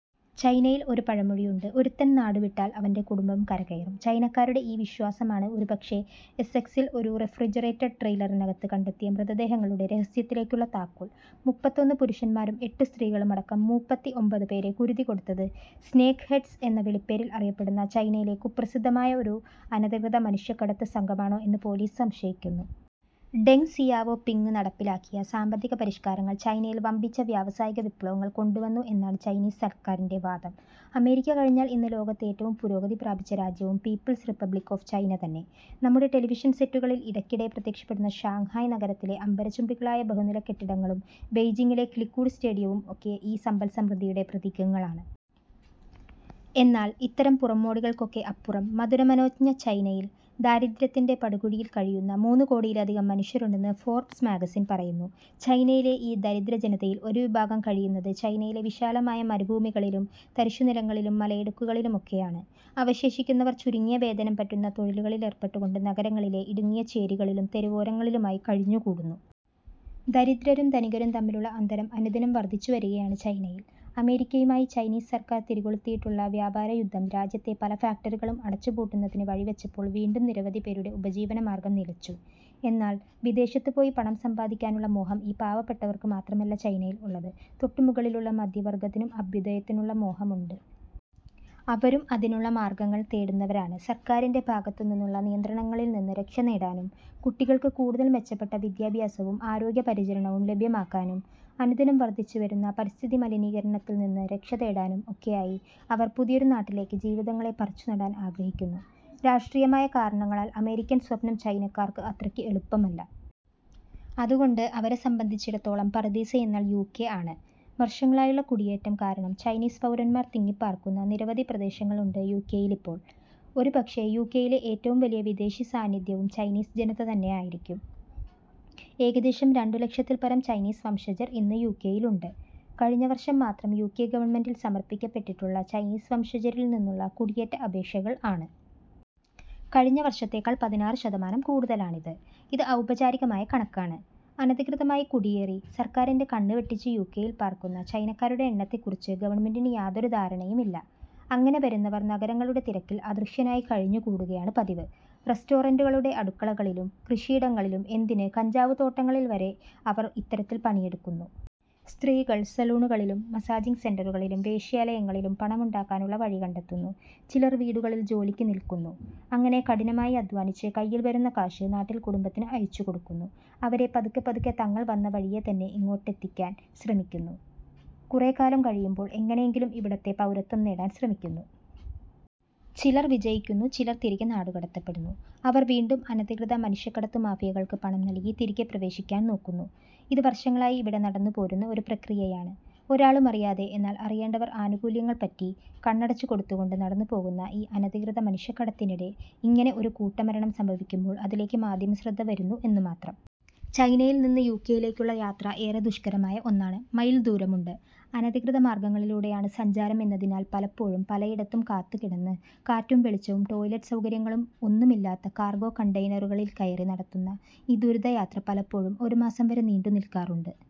ചൈനയിൽ ഒരു പഴമൊഴിയുണ്ട്, " ഒരുത്തൻ നാടുവിട്ടാൽ, അവന്‍റെ കുടുംബം കരകയറും ". ചൈനക്കാരുടെ ഈ വിശ്വാസമാണ് ഒരുപക്ഷേ, എസ്സെക്സിൽ ഒരു റെഫ്രിജറേറ്റഡ് ട്രെയിലറിനകത്ത് കണ്ടെത്തിയ മൃതദേഹങ്ങളുടെ രഹസ്യത്തിലേക്കുള്ള താക്കോൽ. മുപ്പത്തൊന്നു പുരുഷന്മാരും എട്ട് സ്ത്രീകളുമടക്കം മൂപ്പത്തിഒമ്പത് പേരെ കുരുതികൊടുത്തത് ' സ്നേക്ക് ഹെഡ്സ് ' എന്ന വിളിപ്പേരിൽ അറിയപ്പെടുന്ന ചൈനയിലെ കുപ്രസിദ്ധമായ ഒരു അനധികൃത മനുഷ്യക്കടത്ത് സംഘമാണോ എന്ന് പൊലീസ് സംശയിക്കുന്നു. ഡെങ് സിയാവോ പിങ്ങ് നടപ്പിലാക്കിയ സാമ്പത്തിക പരിഷ്കാരങ്ങൾ ചൈനയിൽ വമ്പിച്ച വ്യാവസായികവിപ്ലവങ്ങൾ കൊണ്ടുവന്നു എന്നാണ് ചൈനീസ് സർക്കാരിന്റെ വാദം. അമേരിക്ക കഴിഞ്ഞാൽ ഇന്ന് ലോകത്തേറ്റവും പുരോഗതി പ്രാപിച്ച രാജ്യവും പീപ്പിൾസ് റിപ്പബ്ലിക് ഓഫ് ചൈന തന്നെ. നമ്മുടെ ടെലിവിഷൻ സെറ്റുകളിൽ ഇടയ്ക്കിടെ പ്രത്യക്ഷപ്പെടുന്ന ഷാങ്ഹായി നഗരത്തിലെ അംബരചുംബികളായ ബഹുനിലക്കെട്ടിടങ്ങളും, ബെയ്ജിങ്ങിലെ ' കിളിക്കൂട് ' സ്റ്റേഡിയവും ഒക്കെ ഈ സമ്പൽസമൃദ്ധിയുടെ പ്രതീകങ്ങളാണ്. എന്നാൽ, ഇത്തരം പുറംമോടികൾക്കൊക്കെ അപ്പുറം, മധുരമനോജ്ഞ ചൈനയിൽ ദാരിദ്ര്യത്തിന്‍റെ പടുകുഴിയിൽ കഴിയുന്ന മൂന്നു കോടിയിലധികം മനുഷ്യരുണ്ടെന്ന് ഫോർബ്സ് മാഗസിൻ പറയുന്നു. ചൈനയിലെ ഈ ദരിദ്രജനതയിൽ ഒരു വിഭാഗം കഴിയുന്നത് ചൈനയിലെ വിശാലമായ മരുഭൂമികളിലും, തരിശുനിലങ്ങളിലും, മലയിടുക്കുകളിലുമൊക്കെയാണ്. അവശേഷിക്കുന്നവർ, ചുരുങ്ങിയവേതനം പറ്റുന്ന തൊഴിലുകളിലേർപ്പെട്ടുകൊണ്ട്, നഗരങ്ങളിലെ ഇടുങ്ങിയ ചേരികളിലും, തെരുവോരങ്ങളിലുമായി കഴിഞ്ഞുകൂടുന്നു. ദരിദ്രരും ധനികരും തമ്മിലുള്ള അന്തരം അനുദിനം വർദ്ധിച്ചുവരികയാണ് ചൈനയിൽ. അമേരിക്കയുമായി ചൈനീസ് സർക്കാർ തിരികൊളുത്തിയിട്ടുള്ള വ്യാപാരയുദ്ധം രാജ്യത്തെ പല ഫാക്ടറികളും അടച്ചു പൂട്ടുന്നതിന് വഴിവെച്ചപ്പോൾ വീണ്ടും നിരവധിപേരുടെ ഉപജീവനമാർഗം നിലച്ചു. എന്നാൽ, വിദേശത്തു പോയി പണം സമ്പാദിക്കാനുള്ള മോഹം ഈ പാവപ്പെട്ടവർക്കുമാത്രമല്ല ചൈനയിൽ ഉള്ളത്. തൊട്ടുമുകളിലുള്ള മധ്യവർഗ്ഗത്തിനും അഭ്യുദയത്തിനുള്ള മോഹമുണ്ട്. അവരും അതിനുള്ള മാർഗ്ഗങ്ങൾ തേടുന്നവരാണ്. സർക്കാരിന്റെ ഭാഗത്തുനിന്നുള്ള നിയന്ത്രണളിൽ നിന്ന് രക്ഷനേടാനും, കുട്ടികൾക്ക് കൂടുതൽ മെച്ചപ്പെട്ട വിദ്യാഭ്യാസവും ആരോഗ്യപരിചരണവും ലഭ്യമാക്കാനും, അനുദിനം വർധിച്ചുവരുന്ന പരിസ്ഥിതിമലിനീകരണത്തിൽ നിന്ന് രക്ഷതേടാനും ഒക്കെയായി അവർ പുതിയൊരു നാട്ടിലേക്ക് ജീവിതങ്ങളെ പറിച്ചുനടാൻ ആഗ്രഹിക്കുന്നു. രാഷ്ട്രീയമായ കാരണങ്ങളാൽ അമേരിക്കൻ സ്വപ്നം ചൈനക്കാർക്ക് അത്രയ്ക്ക് എളുപ്പമല്ല. അതുകൊണ്ട് അവരെ സംബന്ധിച്ചിടത്തോളം പറുദീസയെന്നാൽ യുകെ ആണ്. വർഷങ്ങളായുള്ള കുടിയേറ്റം കാരണം ചൈനീസ് പൗരന്മാർ തിങ്ങിപ്പാർക്കുന്ന നിരവധി പ്രദേശങ്ങളുണ്ട് യുകെയിലിപ്പോൾ. ഒരുപക്ഷേ, യുകെയിലെ ഏറ്റവും വലിയ വിദേശി സാന്നിദ്ധ്യവും ചൈനീസ് ജനത തന്നെയായിരിക്കും. ഏകദേശം രണ്ടുലക്ഷത്തിൽപരം ചൈനീസ് വംശജർ ഇന്ന് യുകെയിലുണ്ട്. കഴിഞ്ഞവർഷം മാത്രം യുകെ ഗവൺമെന്റിൽ സമർപ്പിക്കപ്പെട്ടിട്ടുള്ള ചൈനീസ് വംശജരിൽ നിന്നുള്ള കുടിയേറ്റ അപേക്ഷകൾ ആണ്. കഴിഞ്ഞ വർഷത്തെക്കാൾ പതിനാറ് ശതമാനം കൂടുതലാണിത്. ഇത് ഔപചാരികമായ കണക്കാണ്. അനധികൃതമായി കുടിയേറി, സർക്കാരിന്റെ കണ്ണുവെട്ടിച്ച് യുകെയിൽ പാർക്കുന്ന ചൈനക്കാരുടെ എണ്ണത്തെക്കുറിച്ച് ഗവൺമെന്റിന് യാതൊരു ധാരണയുമില്ല. അങ്ങനെ വരുന്നവർ നഗരങ്ങളുടെ തിരക്കിൽ അദൃശ്യനായി കഴിഞ്ഞുകൂടുകയാണ് പതിവ്. റസ്റ്റോറന്‍റുകളുടെ അടുക്കളകളിലും, കൃഷിയിടങ്ങളിലും, എന്തിന് കഞ്ചാവ് തോട്ടങ്ങളിൽ വരെ അവർ ഇത്തരത്തിൽ പണിയെടുക്കുന്നു. സ്ത്രീകൾ സലൂണുകളിലും, മസാജിങ് സെന്‍ററുകളിലും, വേശ്യാലയങ്ങളിലും പണമുണ്ടാക്കാനുള്ള വഴികണ്ടെത്തുന്നു. ചിലർ വീടുകളിൽ ജോലിക്ക് നില്കുന്നു. അങ്ങനെ കഠിനമായി അദ്ധ്വാനിച്ച് കയ്യിൽ വരുന്ന കാശ് നാട്ടിൽ കുടുംബത്തിന് അയച്ചുകൊടുക്കുന്നു. അവരെ പതുക്കെപ്പതുക്കെ തങ്ങൾ വന്ന വഴിയേ തന്നെ ഇങ്ങോട്ടെത്തിക്കാൻ ശ്രമിക്കുന്നു. കുറേക്കാലം കഴിയുമ്പോൾ എങ്ങനെയെങ്കിലും ഇവിടത്തെ പൗരത്വം നേടാൻ ശ്രമിക്കുന്നു. ചിലർ വിജയിക്കുന്നു, ചിലർ തിരികെ നാടുകടത്തപ്പെടുന്നു, അവർ വീണ്ടും അനധികൃത മനുഷ്യക്കടത്തുമാഫിയകൾക്ക് പണം നൽകി തിരികെ പ്രവേശിക്കാൻ നോക്കുന്നു. ഇത് വർഷങ്ങളായി ഇവിടെ നടന്നുപോരുന്ന ഒരു പ്രക്രിയയാണ്. ഒരാളുമറിയാതെ, എന്നാൽ, അറിയേണ്ടവർ ആനുകൂല്യങ്ങൾ പറ്റി, കണ്ണടച്ചുകൊടുത്തുകൊണ്ട്, നടന്നുപോകുന്ന ഈ അനധികൃത മനുഷ്യക്കടത്തിനിടെ ഇങ്ങനെ ഒരു കൂട്ടമരണം സംഭവിക്കുമ്പോൾ അതിലേക്ക് മാധ്യമശ്രദ്ധ വരുന്നു എന്നുമാത്രം. ചൈനയിൽ നിന്ന് യുകെയിലേക്കുള്ള യാത്ര ഏറെ ദുഷ്കരമായ ഒന്നാണ്. മൈൽ ദൂരമുണ്ട്. അനധികൃതമാർഗ്ഗങ്ങളിലൂടെയാണ് സഞ്ചാരമെന്നതിനാൽ പലപ്പോഴും പലയിടത്തും കാത്തുകിടന്ന്, കാറ്റും വെളിച്ചവും, ടോയ്ലെറ്റ് സൗകര്യങ്ങളും ഒന്നുമില്ലാത്ത കാർഗോ കണ്ടെയ്നറുകളിൽ കയറി നടത്തുന്ന ഈ ദുരിതയാത്ര പലപ്പോഴും ഒരുമാസം വരെ നീണ്ടുനിൽക്കാറുണ്ട്.